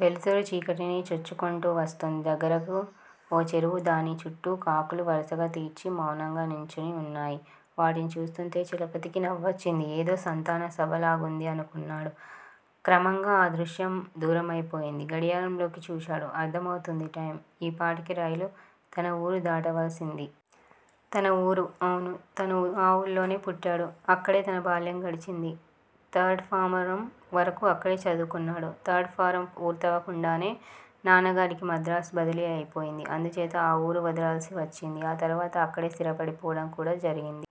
వెలుతురు చీకటిని చొచ్చుకొంటూ వస్తూంది. దగ్గరగా ఓ చెరువు. దాని చుట్టూ కాకులు వరుసలు తీర్చి మౌనంగా నించుని ఉన్నాయి. వాటిని చూస్తూంటే చలపతికి నవ్వొచ్చింది. 'ఏదో సంతాన సభలాగుంది' అనుకొన్నాడు. క్రమంగా ఆ దృశ్యం దూరమయిపోయింది. గడియారంలోకి చూశాడు. అరవుతోంది టైమ్. ఈపాటికి రైలు తన ఊరు దాటవలసింది. తన ఊరు! అవును. తను ఆ ఊళ్లోనే పుట్టాడు. అక్కడే తన బాల్యం గడిచింది. థర్డ్ ఫారమ్ వరకూ అక్కడే చదువుకొన్నాడు. ధర్డ్ ఫారం పూర్తవకుండానే నాన్నగారికి మద్రాస్ బదిలీ అయిపోయింది. అందుచేత ఆ ఊరు వదలాల్సి వచ్చింది. ఆ తరువాత అక్కడే స్థిరపడిపోవటం కూడా జరిగింది.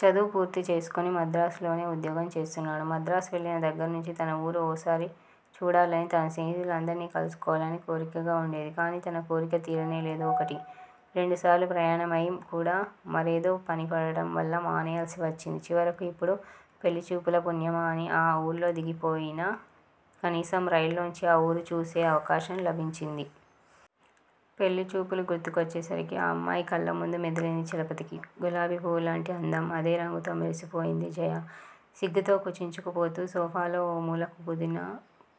చదువు పూర్తి చేసుకొని మద్రాసులోనే ఉద్యోగం చేస్తున్నాడు. మద్రాస్ వెళ్ళిన దగ్గర్నుంచీ తన ఊరు ఓసారి చూడాలనీ తన స్నేహితులందరినీ కలుసుకోవాలని కోరికగా ఉండేది. కానీ తన కోరిక తీరనేలేదు ఒకటి, రెండు సార్లు ప్రయాణమయి కూడా మరేదో పని పడటం వల్ల మానేయాల్సివచ్చింది. చివరకు ఇప్పుడు పెళ్ళిచూపుల పుణ్యమా అని ఆ ఊళ్లో దిగకపోయినా, కనీసం రైల్లోంచి ఆ ఊరు చూసే అవకాశం లభించింది. పెళ్ళిచూపులు గుర్తుకొచ్చేసరికి ఆ అమ్మాయి కళ్ళముందు మెదిలింది చలపతికి. గులాబీ పువ్వులాంటి అందం. అదే రంగుతో మెరిసిపోయింది జయ. సిగ్గుతో కుంచించుకుపోతూ సోఫాలో ఓ మూలకు ఒదిగి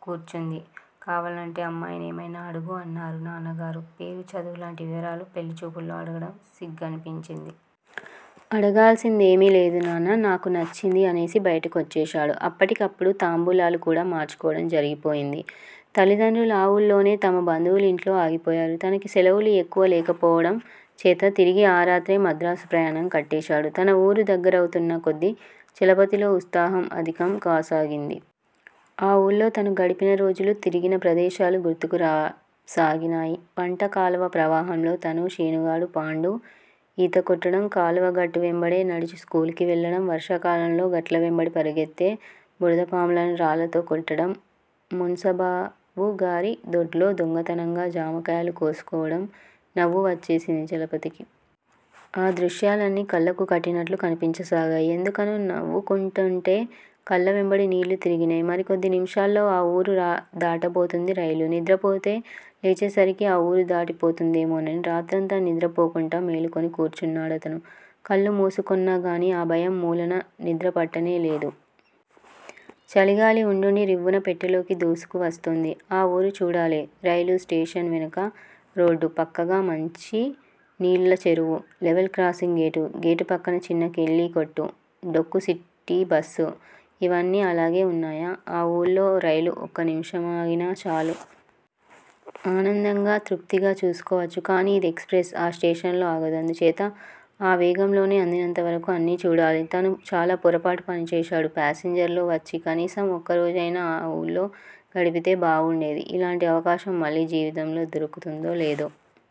కూర్చుంది. కావాలంటే అమ్మాయి నేమైనా అడుగు! అన్నారు నాన్నగారు. పేరు, చదువులాంటి వివరాలు పెళ్ళి చూపుల్లో అడగటం సిగ్గనిపించింది. అడగాల్సిందేమీ లేదు. నాన్నా! నాకు నచ్చింది! అనేసి బయటి కొచ్చేశాడు. అప్పటికప్పుడు తాంబూలాలు కూడా మార్చుకోవడం జరిగిపోయింది. తల్లిదండ్రులు ఆ ఊళ్లోనే తమ బంధువులింట్లో ఆగిపోయారు. తనకి సెలవులు ఎక్కువ లేకపోవడం చేత తిరిగి ఆ రాత్రే మద్రాసు ప్రయాణం కట్టేశాడు. తన ఊరు దగ్గరవుతున్న కొద్దీ చలపతిలో ఉత్సాహం అధికం కాసాగింది. ఆ ఊళ్లో తను గడిపిన రోజులూ, తిరిగిన ప్రదేశాలు గుర్తుకి రాసాగినాయి. పంట కాలవ ప్రవాహంలో తనూ, శీనుగాడూ, పాండూ ఈతకొట్టడం, కాలవగట్టు వెంబడే నడిచి స్కూల్ కి వెళ్ళడం, వర్షాకాలంలో గట్ల వెంబడి పరుగెత్తే బురదపాములను రాళ్ళతో కొట్టడం, మున్సబుగారి దొడ్లో దొంగతనంగా జామకాయలు కోసుకోవడం- నవ్వు వచ్చేసింది చలపతికి. ఆ దృశ్యాలన్నీ కళ్లకు కట్టినట్లు కనిపించసాగాయ్- ఎందుకనో నవ్వుకుంటూంటే కళ్ల వెంబడి నీళ్ళు తిరిగినయ్. మరి కొద్ది నిమిషాల్లో ఆ ఊరు దాటబోతోంది రైలు. నిద్రపోతే లేచేసరికి ఆ ఊరు దాటిపోతుందేమోనని రాత్రంతా నిద్రపోకుండా మేలుకొని కూర్చున్నాడతను. కళ్ళు మూసుకొన్నాగాని ఆ భయం మూలాన నిద్రపట్టనేలేదు. చలిగాలి ఉండుండి రివ్వున పెట్టెలోకి దూసుకువస్తోంది. ఆ ఊరు చూడాలి. రైలు స్టేషన్ వెనుక రోడ్డూ, పక్కగా మంచి నీళ్ళ చెరువూ, లెవెల్ క్రాసింగ్ గేటూ, గేటు పక్కన చిన్న కిళ్లీకొట్టూ, డొక్కు సిటీబస్సూ ఇవన్నీ అలాగే ఉన్నాయా? ఆ ఊళ్లో రైలు ఒక్క నిమిషమాగినా చాలు. ఆనందంగా, తృప్తిగా చూసుకోవచ్చు. కానీ ఇది ఎక్స్ ప్రెస్! ఆ స్టేషన్లో ఆగదు. అందుచేత ఆ వేగంలోనే అందినంతవరకూ అన్నీ చూడాలి. తను చాలా పొరపాటు పని చేశాడు. పాసెంజర్ లో వచ్చి కనీసం ఒక్కరోజయినా ఆ వూళ్ళో గడిపితే బాగుండేది. ఇలాంటి అవకాశం మళ్ళీ జీవితంలో దొరుకుతుందో, లేదో?